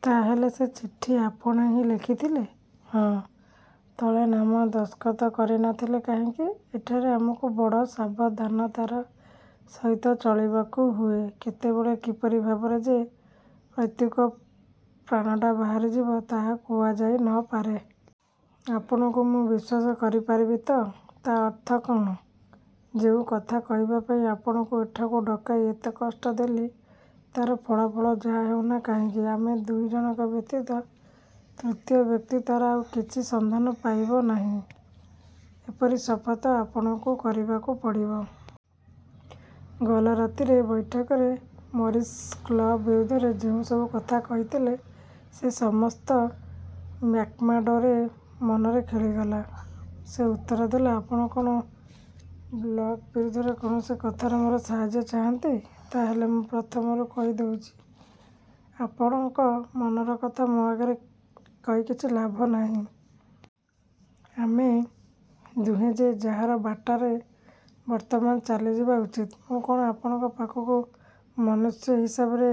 '' ''ତା ହେଲେ ସେ ଚିଠି ଆପଣ ହିଁ ଲେଖିଥିଲେ? ''ହଁ। '' ''ତଳେ ନାମ ଦସ୍ତଖତ କରି ନ ଥିଲେ କାହିଁକି? '' ''ଏଠାରେ ଆମକୁ ବଡ଼ ସାବଧାନତାର ସହିତ ଚଳିବାକୁ ହୁଏ। କେତେବେଳେ କିପରି ଭାବରେ ଯେ ପୈତୃକ ପ୍ରାଣଟା ବାହାରିଯିବ, ତାହା କୁହାଯାଇ ନ ପାରେ। ଆପଣଙ୍କୁ ମୁଁ ବିଶ୍ୱାସ କରିପାରିବି ତ? '' ''ତା ଅର୍ଥ କଅଣ? '' ''ଯେଉଁ କଥା କହିବା ପାଇଁ ଆପଣଙ୍କୁ ଏଠାକୁ ଡକାଇ ଏତେ କଷ୍ଟ ଦେଲି, ତାର ଫଳାଫଳ ଯାହା ହେଉ ନା କାହିଁକି, ଆମ ଦୁଇ ଜଣଙ୍କ ବ୍ୟତୀତ ତୃତୀୟ ବ୍ୟକ୍ତି ତାର ଆଉ କିଛି ସନ୍ଧାନ ପାଇବ ନାହିଁ–ଏପରି ଶପଥ ଆପଣଙ୍କୁ କରିବାକୁ ପଡ଼ିବ। '' ଗଲା ରାତିରେ ବୈଠକରେ ମରିସ୍ କ୍ଳବ ବିରୁଦ୍ଧରେ ଯେଉଁସବୁ କଥା କହିଥିଲେ, ସେ ସମସ୍ତ ମ୍ୟାକ୍ମାର୍ଡ଼ୋର ମନରେ ଖେଳିଗଲା। ସେ ଉତ୍ତର ଦେଲା- ''ଆପଣ କଅଣ କ୍ଳବ ବିରୁଦ୍ଧରେ କୌଣସି କଥାରେ ମୋର ସାହାଯ୍ୟ ଚାହାନ୍ତି? ତା ହେଲେ ମୁଁ ପ୍ରଥମରୁ କହିଦେଉଛି, ଆପଣଙ୍କ ମନର କଥା ମୋ ଆଗରେ କହି କିଛି ଲାଭ ନାହିଁ। ଆମେ ଦୁହେଁ ଯେ ଯାହାର ବାଟରେ ବର୍ତ୍ତମାନ ଚାଲିଯିବା ଉଚିତ। ମୁଁ କଅଣ ଆପଣଙ୍କ ପାଖରୁ ମନୁଷ୍ୟ ହିସାବରେ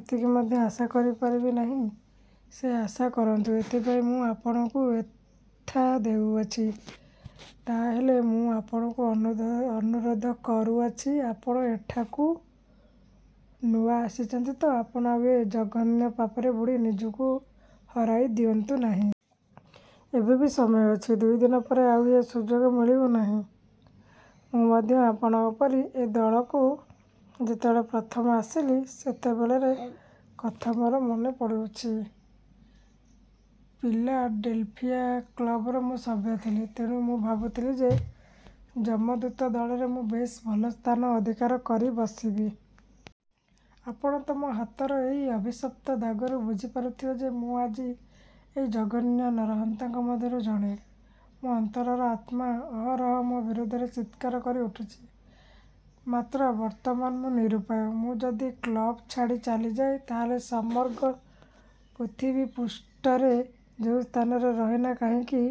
ଏତିକି ମଧ୍ୟ ଆଶା କରିପାରିବି ନାହିଁ। '' ''ସେ ଆଶା କରନ୍ତୁ; ଏଥିପାଇଁ ମୁଁ ଆପଣଙ୍କୁ ଏଥା ଦେଉଅଛି। '' ''ତାହାହେଲେ ମୁଁ ଆପଣଙ୍କୁ ଅନୁରୋଧ କରୁଅଛି, ଆପଣ ଏଠାକୁ ନୂଆ ଆସିଛନ୍ତି ତ–ଆପଣ ଆଉ ଏ ଜଘନ୍ୟ ପାପରେ ବୁଡ଼ି ନିଜକୁ ହରାଇ ଦିଅନ୍ତୁ ନାହିଁ। ଏବେ ବି ସମୟ ଅଛି, ଦୁଇ ଦିନ ପରେ ଆଉ ଏ ସୁଯୋଗ ମିଳିବ ନାହିଁ। ମୁଁ ମଧ୍ୟ ଆପଣଙ୍କ ପରି ଏ ଦଳକୁ ଯେତେବେଳେ ପ୍ରଥମେ ଆସିଲି, ସେତେବେଳେର କଥା ମୋର ମନେ ପଡ଼ୁଅଛି। ଫିଲାଡେଲଫିଆ କ୍ଳବର ମୁଁ ସଭ୍ୟ ଥିଲି। ତେଣୁ ମୁଁ ଭାବୁଥିଲି, ଏହି ଯମଦୂତ ଦଳରେ ମୁଁ ବେଶ୍ ଭଲ ସ୍ଥାନ ଅଧିକାର କରି ବସିବି। ଆପଣ ତ ମୋ ହାତର ଏହି ଅଭିଶପ୍ତ ଦାଗରୁ ବୁଝିପାରୁଥିବେ ଯେ, ମୁଁ ଆଜି ଏହି ଜଘନ୍ୟ ନରହନ୍ତାଙ୍କ ମଧ୍ୟରୁ ଜଣେ। ମୋ ଅନ୍ତରର ଆତ୍ମା ଅହରହ ମୋ ବିରୋଧରେ ଚିତ୍କାର କରି ଉଠୁଛି। ମାତ୍ର ବର୍ତ୍ତମାନ ମୁଁ ନିରୂପାୟ। ମୁଁ ଯଦି କ୍ଳବ୍ ଛାଡ଼ି ଚାଲିଯାଏ, ତାହାହେଲେ ସମଗ୍ର ପୃଥିବୀପୃଷ୍ଠରେ ଯେଉଁ ସ୍ଥାନରେ ରହେ ନା କାହଁକି,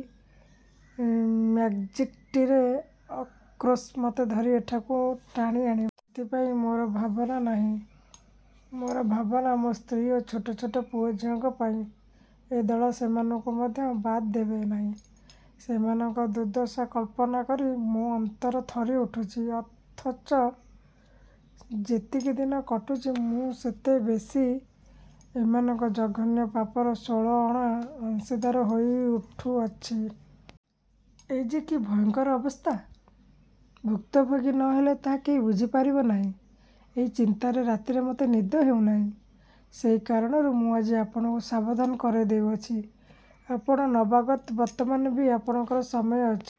ମ୍ୟାକ୍ଜିଣ୍ଟିର ଆକ୍ରୋଶ ମୋତେ ଧରି ଏଠାକୁ ଟାଣିଆଣିବ। ସେଥିପାଇଁ ମୋର ଭାବନା ନାହିଁ। ମୋର ଭାବନା–ମୋ ସ୍ତ୍ରୀ ଓ ଛୋଟଛୋଟ ପୁଅ ଝିଅଙ୍କ ପାଇଁ। ଏ ଦଳ ସେମାନଙ୍କୁ ମଧ୍ୟ ବାଦ୍ ଦେବେ ନାହିଁ। ସେମାନଙ୍କ ଦୁର୍ଦ୍ଦଶା କଳ୍ପନା କରି ମୋ ଅନ୍ତର ଥରିଉଠୁଛି। ଅଥଚ ଯେତିକି ଦିନ କଟୁଛି, ମୁଁ ସେତେ ବେଶୀ ଏମାନଙ୍କ ଜଘନ୍ୟ ପାପର ଷୋଳ ଅଣା ଅଂଶୀଦାର ହୋଇଉଠୁଅଛି। ଏ ଯେ କି ଭୟଙ୍କର ଅବସ୍ଥା, ଭୁକ୍ତଭୋଗୀ ନ ହେଲେ ତାହା କେହି ବୁଝିପାରିବ ନାହିଁ। ଏହି ଚିନ୍ତାରେ ରାତିରେ ମୋତେ ନିଦ ହେଉ ନାହିଁ। ସେହି କାରଣରୁ ମୁଁ ଆଜି ଆପଣଙ୍କୁ ସାବଧାନ କରାଇଦେଉଅଛି। ଆପଣ ନବାଗତ, ବର୍ତ୍ତମାନ ବି ଆପଣଙ୍କର ସମୟ ଅଛି।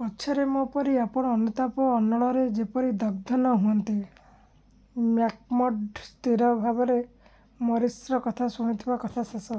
ପଛରେ ମୋ ପରି ଆପଣ ଅନୁତାପ-ଅନଳରେ ଯେପରି ଦଗ୍ଧ ନ ହୁଅନ୍ତି। '' ମ୍ୟାକ୍ମାର୍ଡ଼ୋ ସ୍ଥିର ଭାବରେ ମରିସ୍ର କଥା ଶୁଣୁଥିଲା। କଥା ଶେଷ